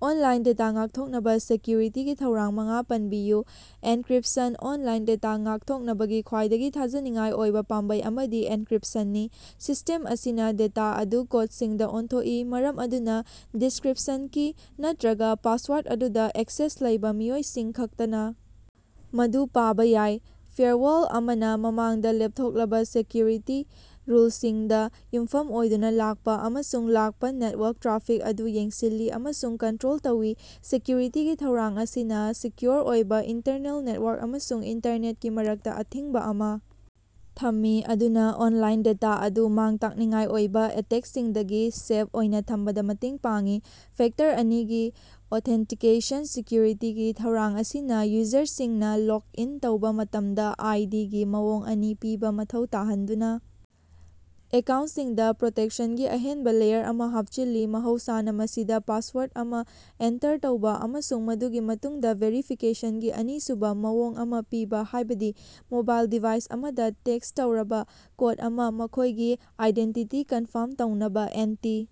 Online data ꯉꯥꯛꯊꯣꯛꯅꯕ ꯁꯦꯀꯌꯨꯔꯤꯇꯤꯒꯤ ꯊꯧꯔꯥꯡ ꯃꯉꯥ ꯄꯟꯕꯤꯌꯨ꯫ ꯑꯦꯟꯀꯔꯤꯞꯁꯟ ꯑꯣꯟꯂꯥꯏꯟ ꯗꯦꯇꯥ ꯉꯥꯛꯊꯣꯛꯅꯕꯒꯤ ꯈ꯭ꯋꯥꯏꯗꯒꯤ ꯊꯥꯖꯅꯤꯡꯉꯥꯏ ꯑꯣꯏꯕ ꯄꯥꯝꯕꯩ ꯑꯃꯗꯤ ꯑꯦꯟꯀꯔꯤꯞꯁꯟꯅꯤ꯫ ꯁꯤꯁꯇꯦꯝ ꯑꯁꯤꯅ ꯗꯦꯇꯥ ꯑꯗꯨ ꯀꯣꯠꯁꯤꯡꯗ ꯑꯣꯟꯊꯣꯛꯏ ꯃꯔꯝ ꯑꯗꯨꯅ ꯗꯤꯁꯀꯔꯤꯞꯁꯟ ꯀꯤ ꯅꯠꯇ꯭ꯔꯒ ꯄꯥꯁꯋꯥꯔꯠ ꯑꯗꯨꯗ ꯑꯦꯛꯁꯦꯁ ꯂꯩꯕ ꯃꯤꯑꯣꯏꯁꯤꯡꯈꯛꯇꯅ ꯃꯗꯨ ꯄꯥꯕ ꯌꯥꯏ꯫ ꯐꯥꯏꯔꯋꯥꯜ ꯑꯃꯅ ꯃꯃꯥꯡꯗ ꯂꯦꯞꯊꯣꯛꯂꯕ ꯁꯦꯀꯌꯨꯔꯤꯇꯤ ꯔꯨꯜꯁꯤꯡꯗ ꯌꯨꯝꯐꯝ ꯑꯣꯏꯗꯨꯅ ꯂꯥꯛꯄ ꯑꯃꯁꯨꯡ ꯂꯥꯛꯄ ꯅꯦꯠꯋꯥꯛ ꯇ꯭ꯔꯥꯐꯤꯛ ꯑꯗꯨ ꯌꯦꯡꯁꯤꯜꯂꯤ ꯑꯃꯁꯨꯡ ꯀꯟꯇꯔꯣꯜ ꯇꯧꯏ꯫ ꯁꯦꯀꯌꯨꯔꯤꯇꯤꯒꯤ ꯊꯧꯔꯥꯡ ꯑꯁꯤꯅ ꯁꯦꯀꯌꯨꯑꯣꯔ ꯑꯣꯏꯕ ꯏꯟꯇꯔꯅꯦꯜ ꯅꯦꯠꯋꯥꯛ ꯑꯃꯁꯨꯡ ꯏꯟꯇꯔꯅꯦꯠꯀꯤ ꯃꯔꯛꯇ ꯑꯊꯤꯡꯕ ꯑꯃ ꯊꯝꯃꯤ ꯑꯗꯨꯅ ꯑꯣꯟꯂꯥꯏꯟ ꯗꯦꯇꯥ ꯑꯗꯨ ꯃꯥꯡ ꯇꯥꯛꯅꯤꯡꯉꯥꯏ ꯑꯣꯏꯕ ꯑꯦꯇꯦꯛꯁꯤꯡꯗꯒꯤ ꯁꯦꯞ ꯑꯣꯏꯅ ꯊꯝꯕꯗ ꯃꯇꯦꯡ ꯄꯥꯡꯏ꯫ ꯐꯦꯛꯇꯔ ꯑꯅꯤꯒꯤ ꯑꯣꯊꯦꯟꯇꯤꯀꯦꯁꯟ ꯁꯦꯀꯌꯨꯔꯤꯇꯤꯒꯤ ꯊꯧꯔꯥꯡ ꯑꯁꯤꯅ ꯌꯨꯖꯔꯁꯤꯡꯅ ꯂꯣꯒ ꯏꯟ ꯇꯧꯕ ꯃꯇꯝꯗ ꯑꯥꯏ ꯗꯤ ꯒꯤ ꯃꯑꯣꯡ ꯑꯅꯤ ꯄꯤꯕ ꯃꯊꯧ ꯇꯥꯍꯟꯗꯨꯅ ꯑꯦꯀꯥꯎꯟꯁꯤꯡꯗ ꯄ꯭ꯔꯣꯇꯦꯛꯁꯟꯒꯤ ꯑꯍꯦꯟꯕ ꯂꯦꯌꯔ ꯑꯃ ꯍꯥꯞꯆꯤꯜꯂꯤ ꯃꯍꯧꯁꯥꯅ ꯃꯁꯤꯗ ꯄꯥꯁꯋꯥꯔꯠ ꯑꯃ ꯑꯦꯟꯇꯔ ꯇꯧꯕ ꯑꯃꯁꯨꯡ ꯃꯗꯨꯒꯤ ꯃꯇꯨꯡꯗ ꯚꯦꯔꯤꯐꯤꯀꯦꯁꯟꯒꯤ ꯑꯅꯤꯁꯨꯕ ꯃꯑꯣꯡ ꯑꯃ ꯄꯤꯕ ꯍꯥꯏꯕꯗꯤ ꯃꯣꯕꯥꯏꯜ ꯗꯤꯚꯥꯏꯁ ꯑꯃꯗ ꯇꯦꯛꯁ ꯇꯧꯔꯕ ꯀꯣꯠ ꯑꯃ ꯃꯈꯣꯏꯒꯤ ꯑꯥꯏꯗꯦꯟꯇꯤꯇꯤ ꯀꯟꯐꯥꯝ ꯇꯧꯅꯕ꯫ ꯑꯦꯟꯇꯤ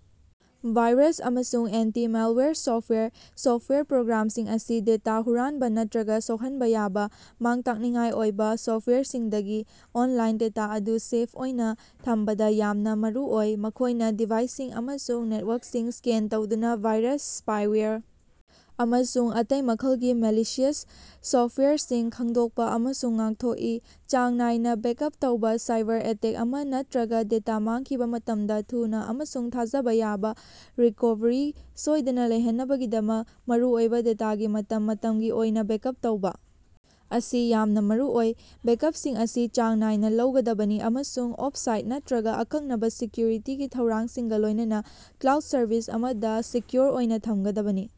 ꯚꯥꯏꯔꯁ ꯑꯃꯁꯨꯡ ꯑꯦꯟꯇꯤ ꯃꯥꯜꯋꯥꯌꯔ ꯁꯣꯞꯋꯦꯌꯔ ꯁꯣꯞꯋꯦꯌꯔ ꯄ꯭ꯔꯣꯒꯔꯥꯝꯁꯤꯡ ꯑꯁꯤ ꯗꯦꯇꯥ ꯍꯨꯔꯥꯟꯕ ꯅꯠꯇ꯭ꯔꯒ ꯁꯣꯛꯍꯟꯕ ꯌꯥꯕ ꯃꯥꯡ ꯇꯥꯛꯅꯤꯡꯉꯥꯏ ꯑꯣꯏꯕ ꯁꯣꯞꯋꯦꯌꯔꯁꯤꯡꯗꯒꯤ ꯑꯣꯟꯂꯥꯏꯟ ꯗꯦꯇꯥ ꯑꯗꯨ ꯁꯦꯞ ꯑꯣꯏꯅ ꯊꯝꯕꯗ ꯌꯥꯝꯅ ꯃꯔꯨꯑꯣꯏ꯫ ꯃꯈꯣꯏꯅ ꯗꯤꯚꯥꯏꯁꯁꯤꯡ ꯑꯃꯁꯨꯡ ꯅꯦꯠꯋꯥꯛꯁꯤꯡ ꯁ꯭ꯀꯦꯟ ꯇꯧꯗꯨꯅ ꯚꯥꯏꯔꯁ ꯁꯄꯥꯏꯋꯦꯔ ꯑꯃꯁꯨꯡ ꯑꯇꯩ ꯃꯈꯜꯒꯤ ꯃꯦꯂꯤꯁꯤꯌꯁ ꯁꯣꯞꯋꯦꯌꯔꯁꯤꯡ ꯈꯪꯗꯣꯛꯄ ꯑꯃꯁꯨꯡ ꯉꯥꯡꯊꯣꯛꯏ꯫ ꯆꯥꯡ ꯅꯥꯏꯅ ꯕꯦꯛꯑꯞ ꯇꯧꯕ ꯁꯥꯏꯕꯔ ꯑꯦꯇꯦꯛ ꯑꯃ ꯅꯠꯇ꯭ꯔꯒ ꯗꯦꯇꯥ ꯃꯥꯡꯈꯤꯕ ꯃꯇꯝꯗ ꯊꯨꯅꯥ ꯑꯃꯁꯨꯡ ꯊꯥꯖꯕ ꯌꯥꯕ ꯔꯤꯀꯣꯚꯔꯤ ꯁꯣꯏꯗꯅ ꯂꯩꯍꯟꯅꯕꯒꯤꯗꯃꯛ ꯃꯔꯨꯑꯣꯏꯕ ꯗꯦꯇꯥꯒꯤ ꯃꯇꯝ ꯃꯇꯝꯒꯤ ꯑꯣꯏꯅ ꯕꯦꯛꯑꯞ ꯇꯧꯕ ꯑꯁꯤ ꯌꯥꯝꯅ ꯃꯔꯨꯑꯣꯏ꯫ ꯕꯦꯛꯑꯞꯁꯤꯡ ꯑꯁꯤ ꯆꯥꯡ ꯅꯥꯏꯅ ꯂꯧꯒꯗꯕꯅꯤ ꯑꯃꯁꯨꯡ ꯑꯣꯐ ꯁꯥꯏꯠ ꯅꯠꯇ꯭ꯔꯒ ꯑꯀꯛꯅꯕ ꯁꯦꯛꯌꯨꯔꯤꯇꯤꯒꯤ ꯊꯧꯔꯥꯡꯁꯤꯡꯒ ꯂꯣꯏꯅꯅ ꯀ꯭ꯂꯥꯎꯗ ꯁꯔꯚꯤꯁ ꯑꯃꯗ ꯁꯦꯛꯌꯨꯑꯣꯔ ꯑꯣꯏꯅ ꯊꯝꯒꯗꯕꯅꯤ꯫